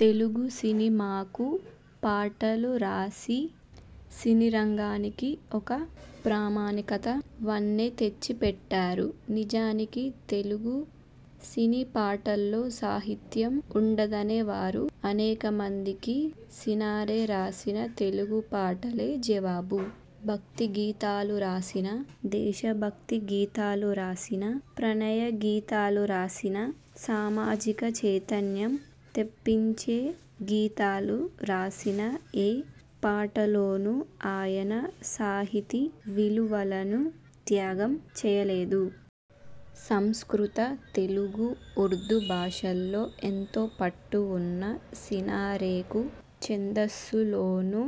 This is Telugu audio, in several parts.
తెలుగు సినిమాకు పాటలు రాసి సినీరంగానికి ఒక ప్రామాణికత, వన్నె తెచ్చిపెట్టారు. నిజానికి తెలుగు సినీ పాటల్లో సాహిత్యం ఉండదనేవారు అనేకమందికి సినారె రాసిన తెలుగు పాటలే జవాబు. భక్తిగీతాలు రాసినా, దేశభక్తి గీతాలు రాసినా, ప్రణయ గీతాలు రాసినా, సామాజిక చైతన్యం తెప్పించే గీతాలు రాసినా ఏ పాటలోనూ ఆయన సాహితీ విలువలను త్యాగం చేయలేదు. సంస్కృత, తెలుగు, ఉర్దూ భాషల్లో ఎంతో పట్టు ఉన్న సినారెకు ఛందస్సులోనూ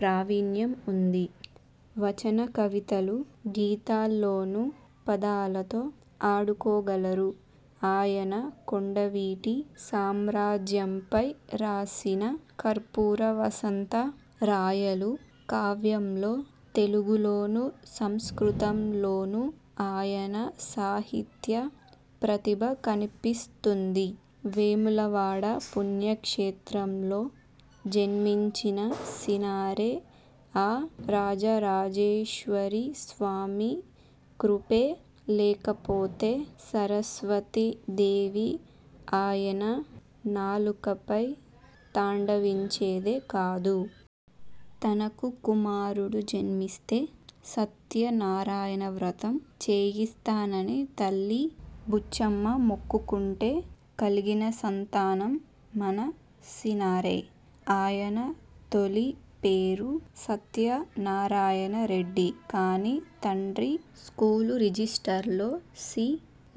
ప్రావీణ్యం ఉంది. వచన కవితలు, గీతాల్లోనూ పదాలతో ఆడుకోగలరు. ఆయన కొండవీటి సామ్రాజ్యంపై రాసిన కర్పూర వసంత రాయలు కావ్యంలో తెలుగులోనూ, సంస్కృతంలోనూ ఆయన సాహిత్య ప్రతిభ కనిపిస్తుంది. వేములవాడ పుణ్యక్షేత్రంలో జన్మించిన సినారె ఆ రాజరాజేశ్వరీ స్వామి కృపే లేకపోతే సరస్వతీ దేవి ఆయన నాలుకపై తాండవించేదే కాదు. తనకు కుమారుడు జన్మిస్తే సత్యనారాయణ వ్రతం చేయిస్తానని తల్లి బుచ్చమ్మ మొక్కుకుంటే కలిగిన సంతానం మన సినారె. ఆయన తొలి పేరు సత్యనారాయణ రెడ్డి కాని తండ్రి స్కూలు రిజిస్టర్లో సి.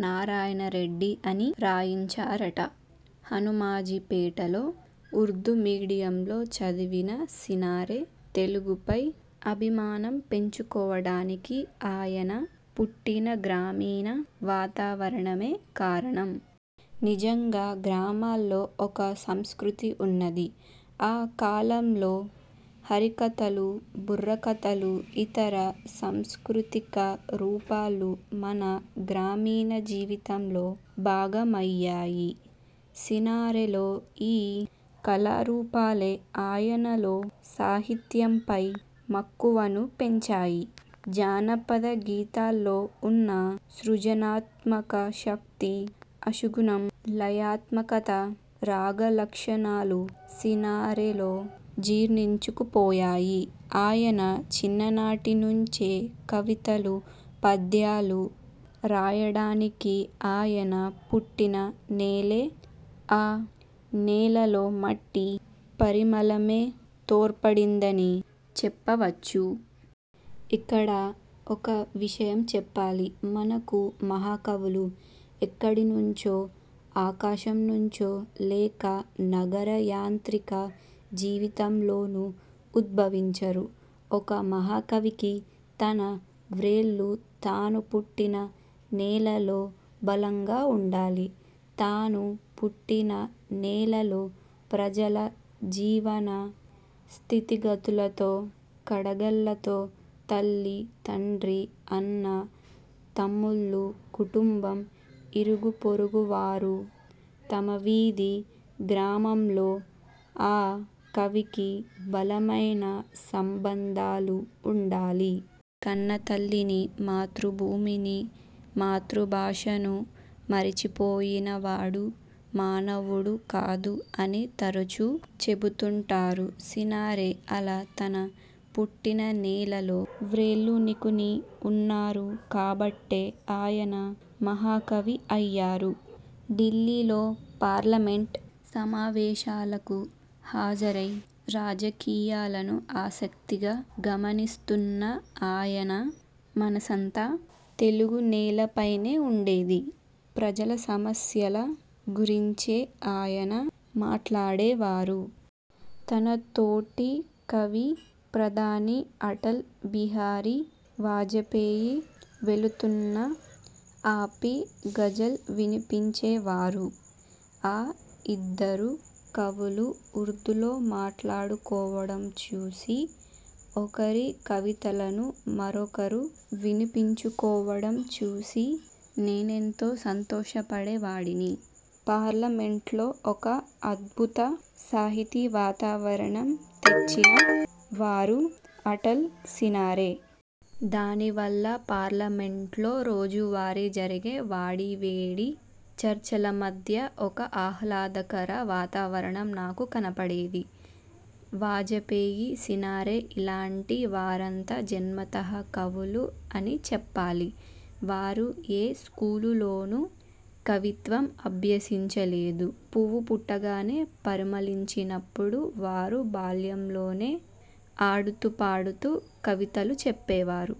నారాయణ రెడ్డి అని రాయించారట. హనూమాజీపేటలో ఉర్దూ మీడియంలో చదివిన సినారె తెలుగుపై అభిమానం పెంచుకోవడానికి ఆయన పుట్టిన గ్రామీణ వాతావరణమే కారణం. నిజంగా గ్రామాల్లో ఒక సంస్కృతి ఉన్నది. ఆ కాలంలో హరికథలు, బుర్రకథలు, ఇతర సాంస్కృతిక రూపాలు మన గ్రామీణ జీవితంలో భాగమయ్యాయి. సినారెలో ఈ కళారూపాలే ఆయనలో సాహిత్యంపై మక్కువను పెంచాయి. జానపదగీతాల్లో ఉన్న సృజనాత్మక శక్తి, అశుగుణం, లయాత్మకత, రాగలక్షణాలు సినారేలో జీర్ణించుకుపోయాయి. ఆయన చిన్ననాటి నుంచే కవితలు, పద్యాలు రాయడానికి ఆయన పుట్టిన నేలే, ఆ నేలలో మట్టి పరిమళమే తోడ్పడిందని చెప్పవచ్చు. ఇక్కడ ఒక్క విషయం చెప్పాలి. మనకు మహాకవులు ఎక్కడినుంచో, ఆకాశం నుంచో లేక నగర యాంత్రిక జీవితంలోనూ ఉద్భవించరు. ఒక మహాకవికి తన వ్రేళ్లు తాను పుట్టిన నేలలో బలంగా ఉండాలి. తాను పుట్టిన నేలలో ప్రజల జీవన స్థితిగతులతో, కడగళ్లతో, తల్లీ తండ్రీ అన్నా, తమ్ములు, కుటుంబం, ఇరుగు పొరుగువారు, తమ వీధి, గ్రామంతో ఆ కవికి బలమైన సంబంధాలు ఉండాలి. కన్నతల్లిని, మాతృభూమిని, మాతృభాషను మరిచిపోయిన వాడు మానవుడు కాదు అని తరుచూ చెబుతుంటాను. సినారె అలా తన పుట్టిన నేలలో వ్రేళ్లూనికుని ఉన్నారు కాబట్టే ఆయన మహాకవి అయ్యారు. ఢిల్లీలో పార్లమెంట్ సమావేశాలకు హాజరై రాజకీయాలను ఆసక్తిగా గమనిస్తున్నా ఆయన మనసంతా తెలుగునేలపైనే ఉండేది. ప్రజల సమస్యల గురించే ఆయన మాట్లాడేవారు. తన తోటి కవి ప్రధాని అటల్ బిహారీ వాజపేయి వెళుతున్నా ఆపి గజల్ వినిపించేవారు. ఆ ఇద్దరు కవులు ఉర్దూలో మాట్లాడుకోవడం చూసి, ఒకరి కవితలను మరొకరు వినిపించుకోవడం చూసి నేనెంతో సంతోషపడేవాడిని. పార్లమెంట్లో ఒక అద్భుత సాహితీ వాతావరణం తెచ్చిన వారు అటల్, సినారె. దాని వల్ల పార్లమెంట్లో రోజువారీ జరిగే వాడి వేడి చర్చల మధ్య ఒక ఆహ్లాదకర వాతావరణం నాకు కనపడేది. వాజపేయి, సినారె ఇలాంటి వారంతా జన్మతః కవులు అని చెప్పాలి. వారు ఏ స్కూలులోనూ కవిత్వం అభ్యసించలేదు. పువ్వు పుట్టగానే పరిమళించినప్పుడు వారు బాల్యంలోనే ఆడుతూ పాడుతూ కవితలు చెప్పేవారు.